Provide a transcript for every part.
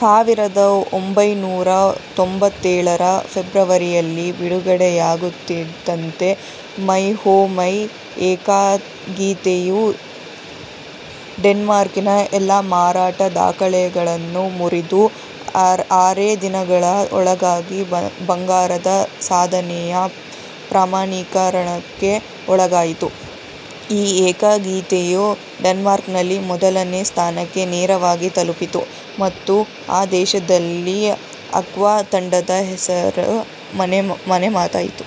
ಸಾವಿರದ ಒಂಭೈನೂರ ತ್ತೊಂಬತ್ತೇಳರ ಫೆಬ್ರುವರಿಯಲ್ಲಿ ಬಿಡುಗಡೆಯಾಗುತ್ತಿದ್ದಂತೆ "ಮೈ ಓಹ್ ಮೈ" ಏಕಗೀತೆಯು ಡೆನ್ಮಾರ್ಕಿನ ಎಲ್ಲಾ ಮಾರಾಟ ದಾಖಲೆಗಳನ್ನು ಮುರಿದು, ಆರೇ ದಿನಗಳ ಒಳಗಾಗಿ ಬಂಗಾರದ ಸಾಧನೆಯ ಪ್ರಮಾಣೀಕರಣಕ್ಕೆ ಒಳಗಾಯಿತು. ಈ ಏಕಗೀತೆಯು ಡೆನ್ಮಾರ್ಕ್ನಲ್ಲಿ ಮೊದಲನೇ ಸ್ಥಾನಕ್ಕೆ ನೇರವಾಗಿ ತಲುಪಿತು, ಮತ್ತು ಆ ದೇಶದಲ್ಲಿ ಆಕ್ವಾ ತಂಡದ ಹೆಸರು ಮನೆಮಾತಾಯಿತು.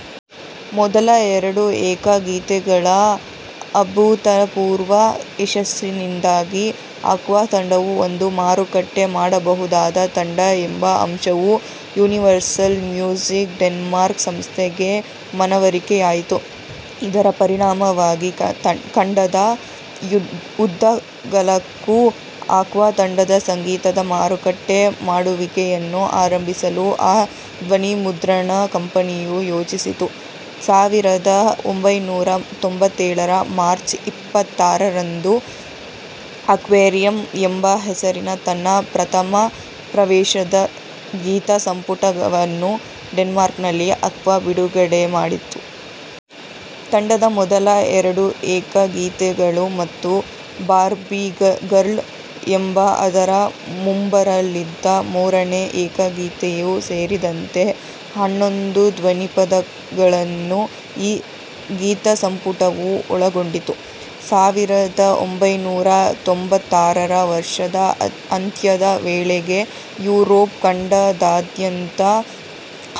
ಮೊದಲ ಎರಡು ಏಕಗೀತೆಗಳ ಅಭೂತಪೂರ್ವ ಯಶಸ್ಸಿನಿಂದಾಗಿ, ಆಕ್ವಾ ತಂಡವು ಒಂದು ಮಾರುಕಟ್ಟೆ ಮಾಡಬಹುದಾದ ತಂಡ ಎಂಬ ಅಂಶವು ಯೂನಿವರ್ಸಲ್ ಮ್ಯೂಸಿಕ್ ಡೆನ್ಮಾರ್ಕ್ ಸಂಸ್ಥೆಗೆ ಮನವರಿಕೆಯಾಯಿತು. ಇದರ ಪರಿಣಾಮವಾಗಿ ಖಂಡದ ಉದ್ದಗಲಕ್ಕೂ ಆಕ್ವಾ ತಂಡದ ಸಂಗೀತದ ಮಾರುಕಟ್ಟೆ ಮಾಡುವಿಕೆಯನ್ನು ಆರಂಭಿಸಲು ಆ ಧ್ವನಿಮುದ್ರಣ ಕಂಪನಿಯು ಯೋಜಿಸಿತು. ಸಾವಿರದ ಒಂಭೈನೂರ ತ್ತೊಂಬತ್ತೇಳರ ಮಾರ್ಚ್ ಇಪ್ಪತ್ತಾರರಂದು, ಆಕ್ವೇರಿಯಂ ಎಂಬ ಹೆಸರಿನ ತನ್ನ ಪ್ರಥಮ ಪ್ರವೇಶದ ಗೀತಸಂಪುಟವನ್ನು ಡೆನ್ಮಾರ್ಕ್ನಲ್ಲಿ ಆಕ್ವಾ ಬಿಡುಗಡೆಮಾಡಿತು. ತಂಡದ ಮೊದಲ ಎರಡು ಏಕಗೀತೆಗಳು ಮತ್ತು "ಬಾರ್ಬೀ ಗರ್ಲ್" ಎಂಬ ಅದರ ಮುಂಬರಲಿದ್ದ ಮೂರನೇ ಏಕಗೀತೆಯೂ ಸೇರಿದಂತೆ, ಹನ್ನೊಂದು ಧ್ವನಿಪಥಗಳನ್ನು ಈ ಗೀತಸಂಪುಟವು ಒಳಗೊಂಡಿತ್ತು. ಸಾವಿರದ ಒಂಭೈನೂರ ತ್ತೊಂಬತ್ತಾರರ ವರ್ಷದ ಅಂತ್ಯದ ವೇಳೆಗೆ ಯುರೋಪ್ ಖಂಡದಾದ್ಯಂತದ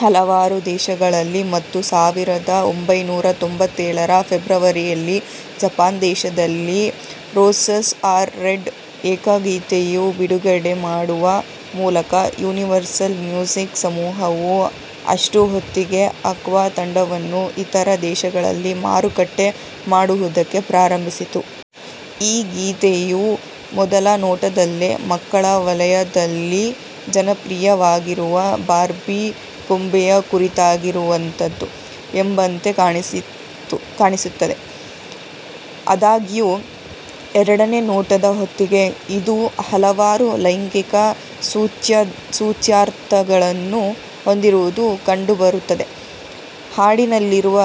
ಹಲವಾರು ದೇಶಗಳಲ್ಲಿ ಮತ್ತು ಸಾವಿರದ ಒಂಭೈನೂರ ತ್ತೊಂಬತ್ತೇಳರ ಫೆಬ್ರುವರಿಯಲ್ಲಿ ಜಪಾನ್ ದೇಶದಲ್ಲಿ "ರೋಸಸ್ ಆರ್ ರೆಡ್" ಏಕಗೀತೆಯನ್ನು ಬಿಡುಗಡೆ ಮಾಡುವ ಮೂಲಕ, ಯೂನಿವರ್ಸಲ್ ಮ್ಯೂಸಿಕ್ ಸಮೂಹವು ಅಷ್ಟುಹೊತ್ತಿಗೆ ಆಕ್ವಾ ತಂಡವನ್ನು ಇತರ ದೇಶಗಳಲ್ಲಿ ಮಾರುಕಟ್ಟೆ ಮಾಡುವುದಕ್ಕೆ ಪ್ರಾರಂಭಿಸಿತ್ತು. ಈ ಗೀತೆಯು ಮೊದಲ ನೋಟದಲ್ಲಿ, ಮಕ್ಕಳ ವಲಯದಲ್ಲಿ ಜನಪ್ರಿಯವಾಗಿರುವ ಬಾರ್ಬೀ ಗೊಂಬೆಯ ಕುರಿತಾಗಿರುವಂಥದ್ದು ಎಂಬಂತೆ ಕಾಣಿಸುತ್ತದೆ. ಆದಾಗ್ಯೂ, ಎರಡನೇ ನೋಟದ ಹೊತ್ತಿಗೆ, ಇದು ಹಲವಾರು ಲೈಂಗಿಕ ಸೂಚ್ಯಾರ್ಥಗಳನ್ನು ಹೊಂದಿರುವುದು ಕಂಡುಬರುತ್ತದೆ; ಹಾಡಿನಲ್ಲಿರುವ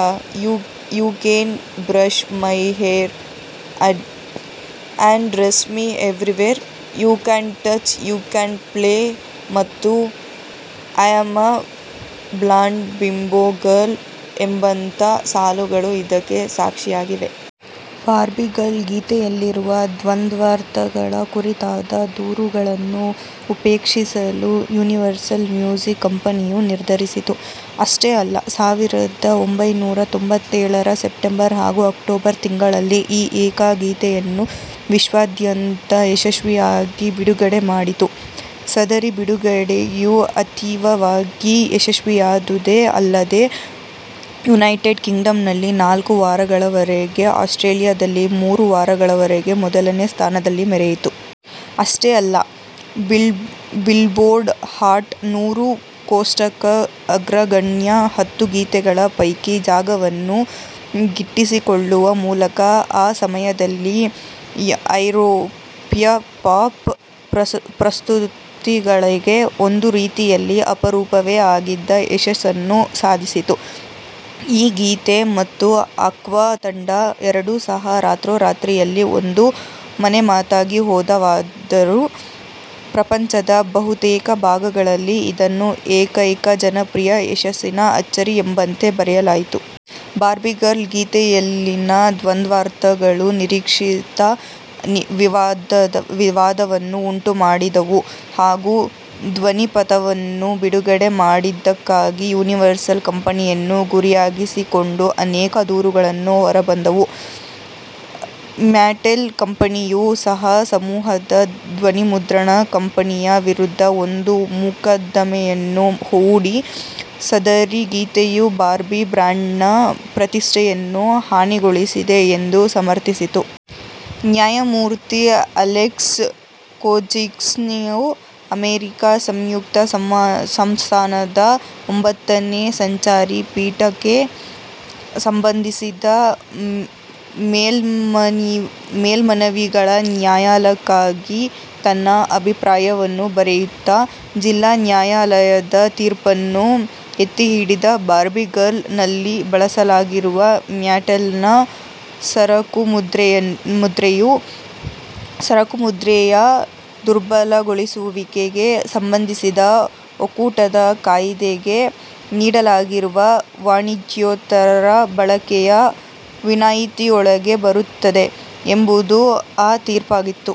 "you can brush my hair, undress me everywhere," "you can touch, you can play," ಮತ್ತು "I am a blonde bimbo girl" ಎಂಬಂಥ ಸಾಲುಗಳು ಇದಕ್ಕೆ ಸಾಕ್ಷಿಯಾಗಿವೆ. "ಬಾರ್ಬೀ ಗರ್ಲ್" ಗೀತೆಯಲ್ಲಿರುವ ದ್ವಂದ್ವಾರ್ಥಗಳ ಕುರಿತಾದ ದೂರುಗಳನ್ನು ಉಪೇಕ್ಷಿಸಲು ಯೂನಿವರ್ಸಲ್ ಮ್ಯೂಸಿಕ್ ಕಂಪನಿಯು ನಿರ್ಧರಿಸಿತು. ಅಷ್ಟೇ ಅಲ್ಲ, ಸಾವಿರದ ಒಂಭೈನೂರ ತ್ತೊಂಬತ್ತೇಳರ ಸೆಪ್ಟೆಂಬರ್ ಹಾಗೂ ಅಕ್ಟೋಬರ್ ತಿಂಗಳುಗಳಲ್ಲಿ ಈ ಏಕಗೀತೆಯನ್ನು ವಿಶ್ವದಾದ್ಯಂತ ಯಶಸ್ವಿಯಾಗಿ ಬಿಡುಗಡೆಮಾಡಿತು. ಸದರಿ ಬಿಡುಗಡೆಯು ಅತೀವವಾಗಿ ಯಶಸ್ವಿಯಾದುದೇ ಅಲ್ಲದೇ, ಯುನೈಟೆಡ್ ಕಿಂಗ್ಡಂನಲ್ಲಿ ನಾಲ್ಕು ವಾರಗಳವರೆಗೆ, ಆಸ್ಟ್ರೇಲಿಯಾದಲ್ಲಿ ಮೂರು ವಾರಗಳವರೆಗೆ ಮೊದಲನೇ ಸ್ಥಾನದಲ್ಲಿ ಮೆರೆಯಿತು. ಅಷ್ಟೇ ಅಲ್ಲ, ಬಿಲ್ಬೋರ್ಡ್ ಹಾಟ್ ನೂರು ಕೋಷ್ಟಕದ ಅಗ್ರಗಣ್ಯ ಹತ್ತು ಗೀತೆಗಳ ಪೈಕಿ ಜಾಗವನ್ನು ಗಿಟ್ಟಿಸಿಕೊಳ್ಳುವ ಮೂಲಕ, ಆ ಸಮಯದಲ್ಲಿ ಐರೋಪ್ಯ ಪಾಪ್ ಪ್ರಸ್ತುತಿಗಳಿಗೆ ಒಂದುರೀತಿಯಲ್ಲಿ ಅಪರೂಪವೇ ಆಗಿದ್ದ ಯಶಸ್ಸನ್ನು ಸಾಧಿಸಿತು. ಈ ಗೀತೆ ಮತ್ತು ಆಕ್ವಾ ತಂಡ ಎರಡೂ ಸಹ ರಾತ್ರೋರಾತ್ರಿಯಲ್ಲಿ ಒಂದು ಮನೆಮಾತಾಗಿಹೋದವಾದರೂ, ಪ್ರಪಂಚದ ಬಹುತೇಕ ಭಾಗಗಳಲ್ಲಿ ಇದನ್ನು ಏಕೈಕ-ಜನಪ್ರಿಯ ಯಶಸ್ಸಿನ ಅಚ್ಚರಿ ಎಂಬಂತೆ ಬರೆಯಲಾಯಿತು. "ಬಾರ್ಬೀ ಗರ್ಲ್" ಗೀತೆಯಲ್ಲಿನ ದ್ವಂದ್ವಾರ್ಥಗಳು ನಿರೀಕ್ಷಿತ ವಿವಾದವನ್ನು ಉಂಟುಮಾಡಿದವು ಹಾಗೂ ಧ್ವನಿಪಥವನ್ನು ಬಿಡುಗಡೆ ಮಾಡಿದ್ದಕ್ಕಾಗಿ ಯೂನಿವರ್ಸಲ್ ಕಂಪನಿಯನ್ನು ಗುರಿಯಾಗಿರಿಸಿಕೊಂಡು ಅನೇಕ ದೂರುಗಳು ಹೊರಬಂದವು. ಮ್ಯಾಟೆಲ್ ಕಂಪನಿಯೂ ಸಹ ಸಮೂಹದ ಧ್ವನಿಮುದ್ರಣ ಕಂಪನಿಯ ವಿರುದ್ಧ ಒಂದು ಮೊಕದ್ದಮೆಯನ್ನು ಹೂಡಿ, ಸದರಿ ಗೀತೆಯು ಬಾರ್ಬೀ ಬ್ರಾಂಡ್ನ ಪ್ರತಿಷ್ಠೆಯನ್ನು ಹಾನಿಗೊಳಿಸಿದೆ ಎಂದು ಸಮರ್ಥಿಸಿತು. ನ್ಯಾಯಮೂರ್ತಿ ಅಲೆಕ್ಸ್ ಕೊಜಿನ್ಸ್ಕಿಯು ಅಮೆರಿಕಾ ಸಂಯುಕ್ತ ಸಂಸ್ಥಾನದ ಒಂಬತ್ತನೇ ಸಂಚಾರಿ ಪೀಠಕ್ಕೆ ಸಂಬಂಧಿಸಿದ ಮೇಲ್ಮನವಿಗಳ ನ್ಯಾಯಾಲಯಕ್ಕಾಗಿ ತನ್ನ ಅಭಿಪ್ರಾಯವನ್ನು ಬರೆಯುತ್ತಾ, ಜಿಲ್ಲಾ ನ್ಯಾಯಾಲಯದ ತೀರ್ಪನ್ನು ಎತ್ತಿಹಿಡಿದ; "ಬಾರ್ಬೀ ಗರ್ಲ್"ನಲ್ಲಿ ಬಳಸಲಾಗಿರುವ ಮ್ಯಾಟೆಲ್ನ ಸರಕುಮುದ್ರೆಯು, ಸರಕುಮುದ್ರೆಯ ದುರ್ಬಲಗೊಳಿಸುವಿಕೆಗೆ ಸಂಬಂಧಿಸಿದ ಒಕ್ಕೂಟದ ಕಾಯಿದೆಗೆ ನೀಡಲಾಗಿರುವ ವಾಣಿಜ್ಯೇತರ ಬಳಕೆಯ ವಿನಾಯಿತಿಯೊಳಗೆ ಬರುತ್ತದೆ ಎಂಬುದು ಆ ತೀರ್ಪಾಗಿತ್ತು.